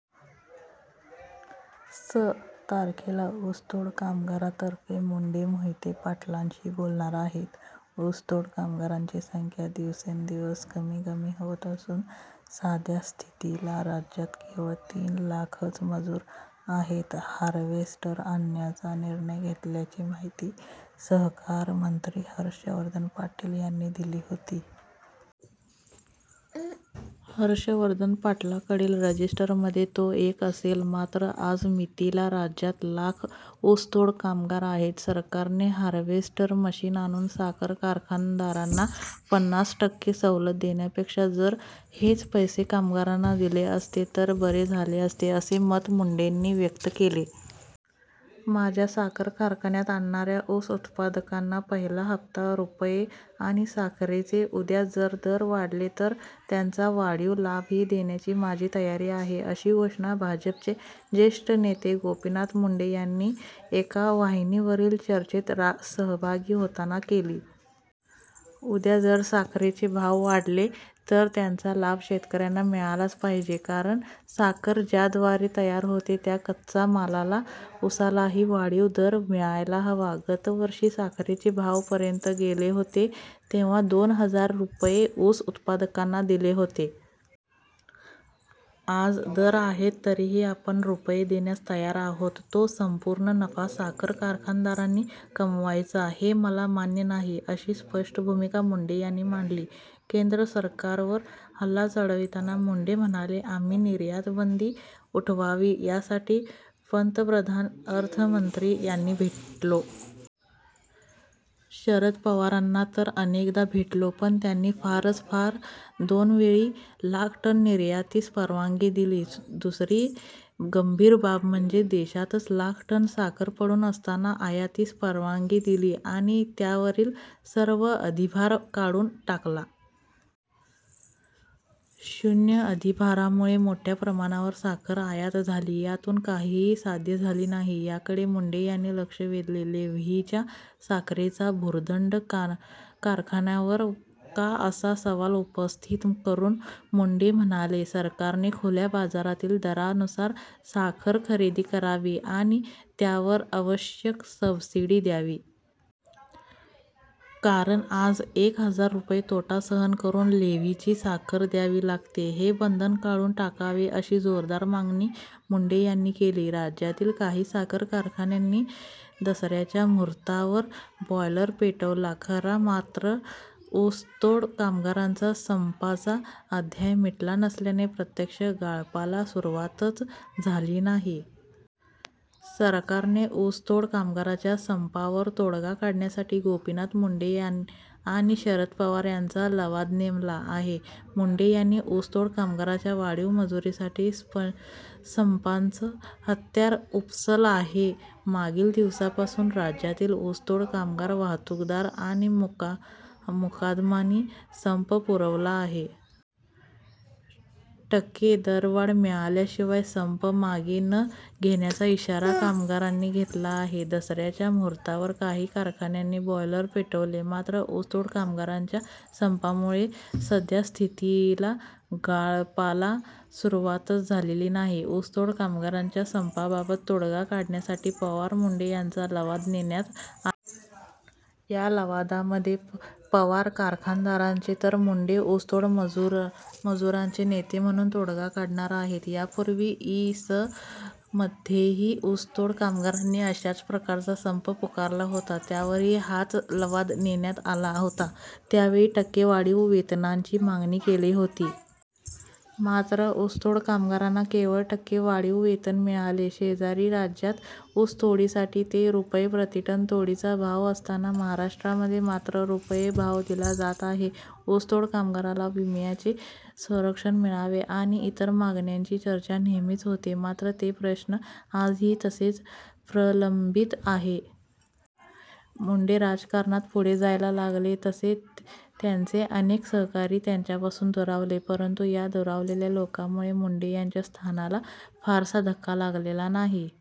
स. तारखेला ऊसतोड कामगारांतर्फे मुंडे मोहिते-पाटलांशी बोलणार आहेत. ऊसतोड कामगाराची संख्या दिवसेन्दिवस कमी कमी होत असून साध्या स्थितीला राज्यात केवळ तीन लाखच मजूर आहेत. हार्वेस्टर आणण्याचा निर्णय घेतल्याची माहिती सहकार मंत्री हर्षवर्धन पाटील यांनी दिली होती. हर्षवर्धन पाटलांकडील रजिस्टरमध्ये तो एक असेल मात्र आज मितीला राज्यात लाख ऊसतोड कामगार आहेत. सरकारने हार्वेस्टर मशीन आणून साखर कारखानदारांना पन्नास टक्के सवलत देण्यापेक्षा जर हेच पैसे कामगारांना दिले असते, तर बरे झाले असते असे मत मुंडेंनी व्यक्त केले. माझ्या साखर कारखान्यात आणणाऱ्या ऊस उत्पादकांना पहिला हप्ता रुपये आणि साखरेचे उद्या जर दर वाढले तर त्याचा वाढीव लाभही देण्याची माझी तयारी आहे अशी घोषणा भाजपचे ज्येष्ठ नेते गोपीनाथ मुंडे यांनी एका वाहिनीवरील चर्चेत सहभागी होताना केली. उद्या जर साखरेचे भाव वाढले तर त्याचा लाभ शेतकऱ्यांना मिळालाच पाहिजे कारण साखर ज्याद्वारे तयार होते, त्या कच्च्या मालाला-उसालाही वाढीव दर मिळायला हवा. गतवर्षी साखरेचे भाव पर्यंत गेले होते. तेव्हा दोन हजार रुपये ऊस उत्पादकांना दिले होते. आज दर आहेत. तरीही आपण रुपये देण्यास तयार आहोत. तो सम्पूर्ण नफा साखर कारखानदारांनी कमवायचा हे मला मान्य नाही अशी स्पष्ट भूमिका मुंडे यांनी मांडली. केंद्र सरकारवर हल्ला चढविताना मुंडे म्हणाले, आम्ही निर्यातबंदी उठवावी यासाठी पन्तप्रधान, अर्थमंत्री यांनी भेटलो. शरद पवारांना तर अनेकदा भेटलो. पण, त्यांनी फारच फार दोनवेळी - लाख टन निर्यातीस परवानगी दिली. दुसरी गंभीर बाब म्हणजे देशातच लाख टन साखर पडून असताना आयातीस परवानगी दिली आणि त्यावरील सर्व अधिभार काढून टाकला. शून्य अधिभारामुळे मोठ्या प्रमाणावर साखर आयात झाली. यातून काहीही साध्य झाले नाही याकडे मुंडे यांनी लक्ष वेधले. लेव्हीच्या साखरेचा भुर्दण्ड कारखान्यावर का, असा सवाल उपस्थित करून मुंडे म्हणाले, सरकारने खुल्या बाजारातील दरानुसार साखर खरेदी करावी आणि त्यावर आवश्यक सबसिडी द्यावी. कारण आज एक हजार रुपये तोटा सहन करून लेव्हीची साखर द्यावी लागते. हे बंधन काढून टाकावे, अशी जोरदार मागणी मुंडे यांनी केली.। राज्यातील काही साखर कारखान्यांनी दसऱ्याच्या मुहूर्तावर बॉयलर पेटवला खरा मात्र ऊसतोड कामगाराचा सम्पाचा अध्याय मिटला नसल्याने प्रत्यक्ष गाळपाला सुरुवातच झाली नाही. सरकारने ऊसतोड कामगाराच्या संपावर तोडगा काढण्यासाठी गोपीनाथ मुंडे आणि शरद पवार यांचा लवाद नेमला आहे. मुंडे यांनी ऊसतोड कामगारांच्या वाढीव मजुरीसाठी सम्पाचं हत्यार उपसलं आहे. मागील दिवसांपासून राज्यातील ऊसतोड कामगार, वाहतूकदार आणि मुकादमांनी सम्प पुकारला आहे. टक्के दरवाढ मिळाल्याशिवाय सम्प मागे न घेण्याचा इशारा कामगारांनी घेतला आहे. दसऱ्याच्या मुहूर्तावर काही कारखान्यांनी बॉयलर पेटवले, मात्र ऊसतोड कामगारांच्या सम्पामुळे सद्यास्थितीला गाळपाला सुरुवातच झालेली नाही. ऊसतोड कामगारांच्या सम्पाबाबत तोडगा काढण्यासाठी पवार-मुंडे यांचा लवाद नेमण्यात आला. या लवादामध्ये पवार कारखानदारांचे तर मुंडे ऊसतोड मजुरांचे नेते म्हणून तोडगा काढणार आहेत. यापूर्वी इ. स. मध्येही ऊसतोड कामगारांनी अशाच प्रकारचा सम्प पुकारला होता. त्यावरही हाच लवाद नेमण्यात आला होता. त्यावेळी टक्के वाढीव वेतनाची मागणी केली होती. मात्र ऊसतोड कामगारांना केवळ टक्के वाढीव वेतन मिळाले. शेजारी राज्यात ऊसतोडीसाठी ते रुपये प्रतिटन तोडीचा भाव असताना महाराष्ट्रामध्ये मात्र रुपये भाव दिला जात आहे. ऊसतोड कामगाराला विम्याचे संरक्षण मिळावे आणि इतर मागण्यांची चर्चा नेहमीच होते मात्र ते प्रश्न आजही तसेच प्रलम्बित आहे. मुंडे राजकारणात पुढे जायला लागले तसे त्यांचे अनेक सहकारी त्यांच्यापासून दुरावले परंतु या दुरावलेल्या लोकांमुळे मुंडे यांच्या स्थानाला फारसा धक्का लागलेला नाही.